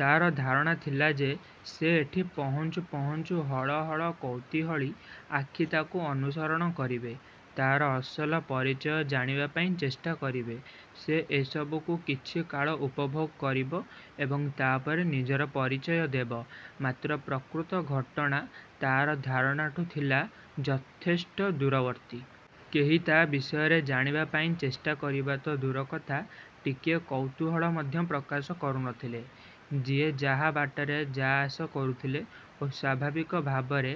ତାର ଧାରଣା ଥିଲା ଯେ ସେ ଏଠି ପହଞ୍ଚୁ ପହଞ୍ଚୁ ହଳ ହଳ କୌତୂହଳୀ ଆଖି ତାକୁ ଅନୁସରଣ କରିବେ। ତାର ଅସଲ ପରିଚୟ ଜାଣିବା ପାଇଁ ଚେଷ୍ଟା କରିବେ। ସେ ଏସବୁକୁ କିଛିକାଳ ଉପଭୋଗ କରିବ ଏବଂ ତାପରେ ନିଜର ପରିଚୟ ଦେବ। ମାତ୍ର ପ୍ରକୃତ ଘଟଣା ତାର ଧାରଣାଠୁ ଥିଲା ଯଥେଷ୍ଟ ଦୂରବର୍ତ୍ତୀ। କେହି ତା ବିଷୟରେ ଜାଣିବା ପାଇଁ ଚେଷ୍ଟା କରିବା ତ ଦୂରର କଥା ଟିକିଏ କୌତୂହଳ ମଧ୍ୟ ପ୍ରକାଶ କରୁ ନଥିଲେ। ଯିଏ ଯାହା ବାଟରେ ଯା ଆସ କରୁଥିଲେ ଓ ସ୍ୱାଭାବିକ ଭାବରେ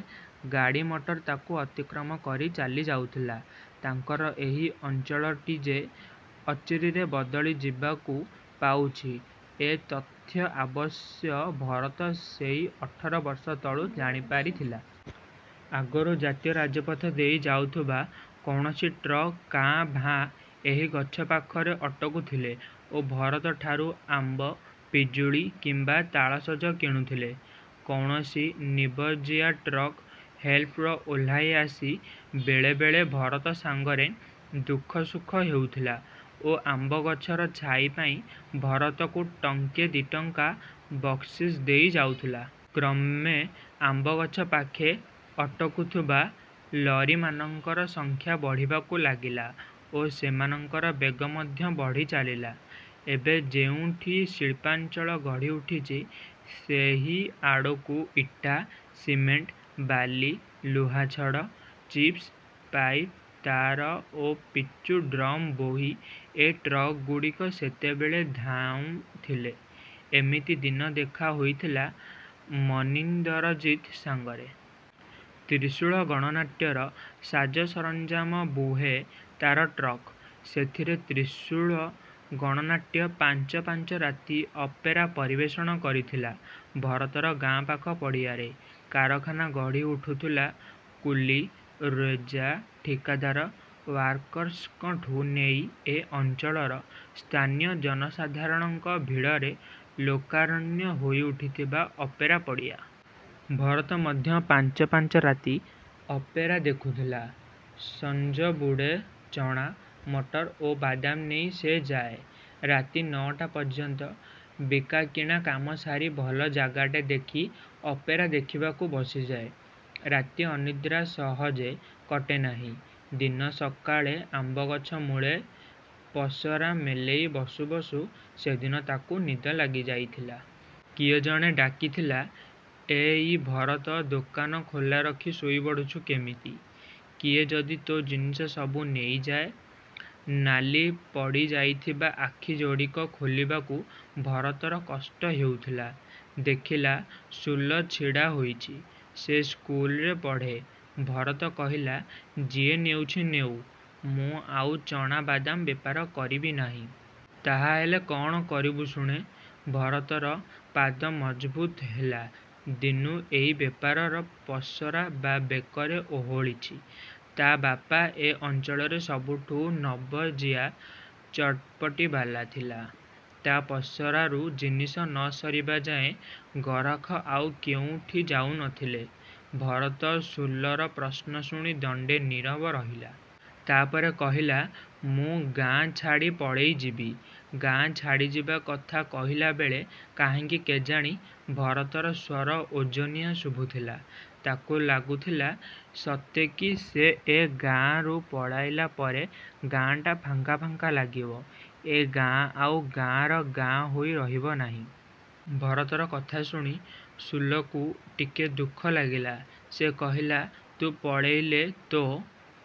ଗାଡ଼ିମଟର ତାକୁ ଅତିକ୍ରମ କରି ଚାଲିଯାଉଥିଲା। ତାଙ୍କର ଏହି ଅଞ୍ଚଳଟି ଯେ ଅଚିରେ ବଦଳିଯିବାକୁ ଯାଉଛି ଏ ତଥ୍ୟ ଅବଶ୍ୟ ଭରତ ସେଇ ଅଠର ବର୍ଷ ତଳୁ ଜାଣିପାରିଥିଲା। ଆଗରୁ ଜାତୀୟ ରାଜପଥ ଦେଇ ଯାଉଥିବା କୌଣସି ଟ୍ରକ୍ କାଁ ଭାଁ ଏହି ଗଛ ପାଖରେ ଅଟକୁଥିଲେ ଓ ଭରତ ଠାରୁ ଆମ୍ବ, ପିଜୁଳି କିମ୍ବା ତାଳସଜ କିଣୁଥିଲେ। କୌଣସି ନବଜିଆ ଟ୍ରକ୍ ହେଲ୍ପର ଓହ୍ଲେଇ ଆସି ବେଳେବେଳେ ଭରତ ସାଙ୍ଗରେ ଦୁଃଖସୁଖ ହେଉଥିଲା ଓ ଆମ୍ବଗଛର ଛାଇ ପାଇଁ ଭରତକୁ ଟଙ୍କେ ଦି ଟଙ୍କା ବକ୍ସିସ ଦେଇ ଯାଉଥିଲା। କ୍ରମେ ଆମ୍ବଗଛ ପାଖେ ଅଟକୁଥିବା ଲରିମାନଙ୍କର ସଂଖ୍ୟା ବଢ଼ିବାକୁ ଲାଗିଲା ଓ ସେମାନଙ୍କର ବେଗ ମଧ୍ୟ ବଢ଼ିଚାଲିଲା। ଏବେ ଯେଉଁଠି ଶିଳ୍ପାଞ୍ଚଳ ଗଢ଼ିଉଠିଛି, ସେହିଆଡ଼କୁ ଇଟା, ସିମେଣ୍ଟ, ବାଲି, ଲୁହାଛଡ଼, ଚିପ୍ସ, ପାଇପ, ତାର ଓ ପିଚୁଡ୍ରମ୍ ବୋହି ଏ ଟ୍ରକ୍‌ଗୁଡ଼ିକ ସେତେବେଳେ ଧାଉଁଥିଲେ। ଏମିତି ଦିନେ ଦେଖା ହୋଇଥିଲା ମନିନ୍ଦରଜିତ୍ ସାଙ୍ଗରେ। ତ୍ରିଶୂଳ ଗଣନାଟ୍ୟର ସାଜସରଞ୍ଜାମ ବୁହେ ତାର ଟ୍ରକ୍। ସେଥର ତ୍ରିଶୂଳ ଗଣନାଟ୍ୟ ପାଞ୍ଚ ପାଞ୍ଚ ରାତି ଅପେରା ପରିବେଷଣ କରିଥିଲା ଭରତର ଗାଁ ପାଖ ପଡ଼ିଆରେ। କାରଖାନା ଗଢ଼ିଉଠୁଥିଲା କୁଲି, ରେଜା, ଠିକାଦାର, ୱାର୍କର୍ସଙ୍କଠୁଁ ନେଇ ଏ ଅଞ୍ଚଳର ସ୍ଥାନୀୟ ଜନସାଧାରଣଙ୍କ ଭିଡ଼ରେ ଲୋକାରଣ୍ୟ ହୋଇଉଠିଥିଲା ଅପେରା ପଡ଼ିଆ। ଭରତ ମଧ୍ୟ ପାଞ୍ଚ ପାଞ୍ଚ ରାତି ଅପେରା ଦେଖିଥିଲା। ସଂଜବୁଡ଼େ ଚଣା, ମଟର ଓ ବାଦାମ ନେଇ ସେ ଯାଏ। ରାତି ନଅଟା ପର୍ଯ୍ୟନ୍ତ ବିକାକିଣା କାମ ସାରି ଭଲ ଜାଗାଟେ ଦେଖି ଅପେରା ଦେଖିବାକୁ ବସିଯାଏ। ରାତି ଅନିଦ୍ରା ସହଜେ କଟେନାହିଁ। ଦିନେ ସକାଳେ, ଆମ୍ବଗଛ ମୂଳେ ପସରା ମେଲେଇ ବସୁ ବସୁ ସେଦିନ ତାକୁ ନିଦ ଲାଗିଯାଇଥିଲା। କିଏ ଜଣେ ଡାକିଥିଲା, "ଏ ଇ ଭରତ, ଦୋକାନ ଖୋଲା ରଖି ଶୋଇପଡ଼ୁଛୁ କେମିତି? କିଏ ଯଦି ତୋ ଜିନିଷ ସବୁ ନେଇଯାଏ!" ନାଲି ପଡ଼ିଯାଇଥିବା ଆଖିଯୋଡ଼ିକ ଖୋଲିବାକୁ ଭରତର କଷ୍ଟ ହେଉଥାଏ। ଦେଖିଲା, ସୁଲ ଛିଡ଼ାହେଇଛି। ସେ ସ୍କୁଲରେ ପଢ଼େ। ଭରତ କହିଲା, "ଯିଏ ନେଉଛି ନେଉ, ମୁଁ ଆଉ ଚଣା ବାଦାମ ବେପାର କରିବି ନାହିଁ।" "ତାହାହେଲେ କଣ କରିବୁ ଶୁଣେ!" ଭରତର ପାଦ ମଜଭୁତ ହେଲା ଦିନୁ ଏଇ ବେପାରର ପସରା ତା ବେକରେ ଓହଳିଛି। ତା ବାପା ଏ ଅଞ୍ଚଳରେ ସବୁଠୁ ନବଜିଆ ଚଟ୍‌ପଟିବାଲା ଥିଲା। ତା ପସରାରୁ ଜିନିଷ ନ ସରିବାଯାଏ ଗରାଖ ଆଉ କୋଉଠିକି ଯାଉନଥିଲେ। ଭରତ ସୁଲର ପ୍ରଶ୍ନ ଶୁଣି ଦଣ୍ଡେ ନିରବ ରହିଲା। ତାପରେ କହିଲା, "ମୁଁ ଗାଁ ଛାଡ଼ି ପଳେଇଯିବି।" ଗାଁ ଛାଡ଼ିଯିବା କଥା କହିଲାବେଳେ କାହିଁକି କେଜାଣି ଭରତର ସ୍ୱର ଓଜନିଆ ଶୁଭୁଥିଲା। ତାକୁ ଲାଗୁଥିଲା, ସତେକି ସେ ଏ ଗାଁରୁ ପଳାଇଲା ପରେ ଗାଁଟା ଫାଙ୍କା ଫାଙ୍କା ଲାଗିବ, ଏ ଗାଁ ଆଉ ଆଗର ଗାଁ ହୋଇ ରହିବ ନାହିଁ। ଭରତର କଥା ଶୁଣି ସୁଲକୁ ଟିକେ ଦୁଃଖ ଲାଗିଲା। ସେ କହିଲା, "ତୁ ପଳେଇଲେ ତୋ"।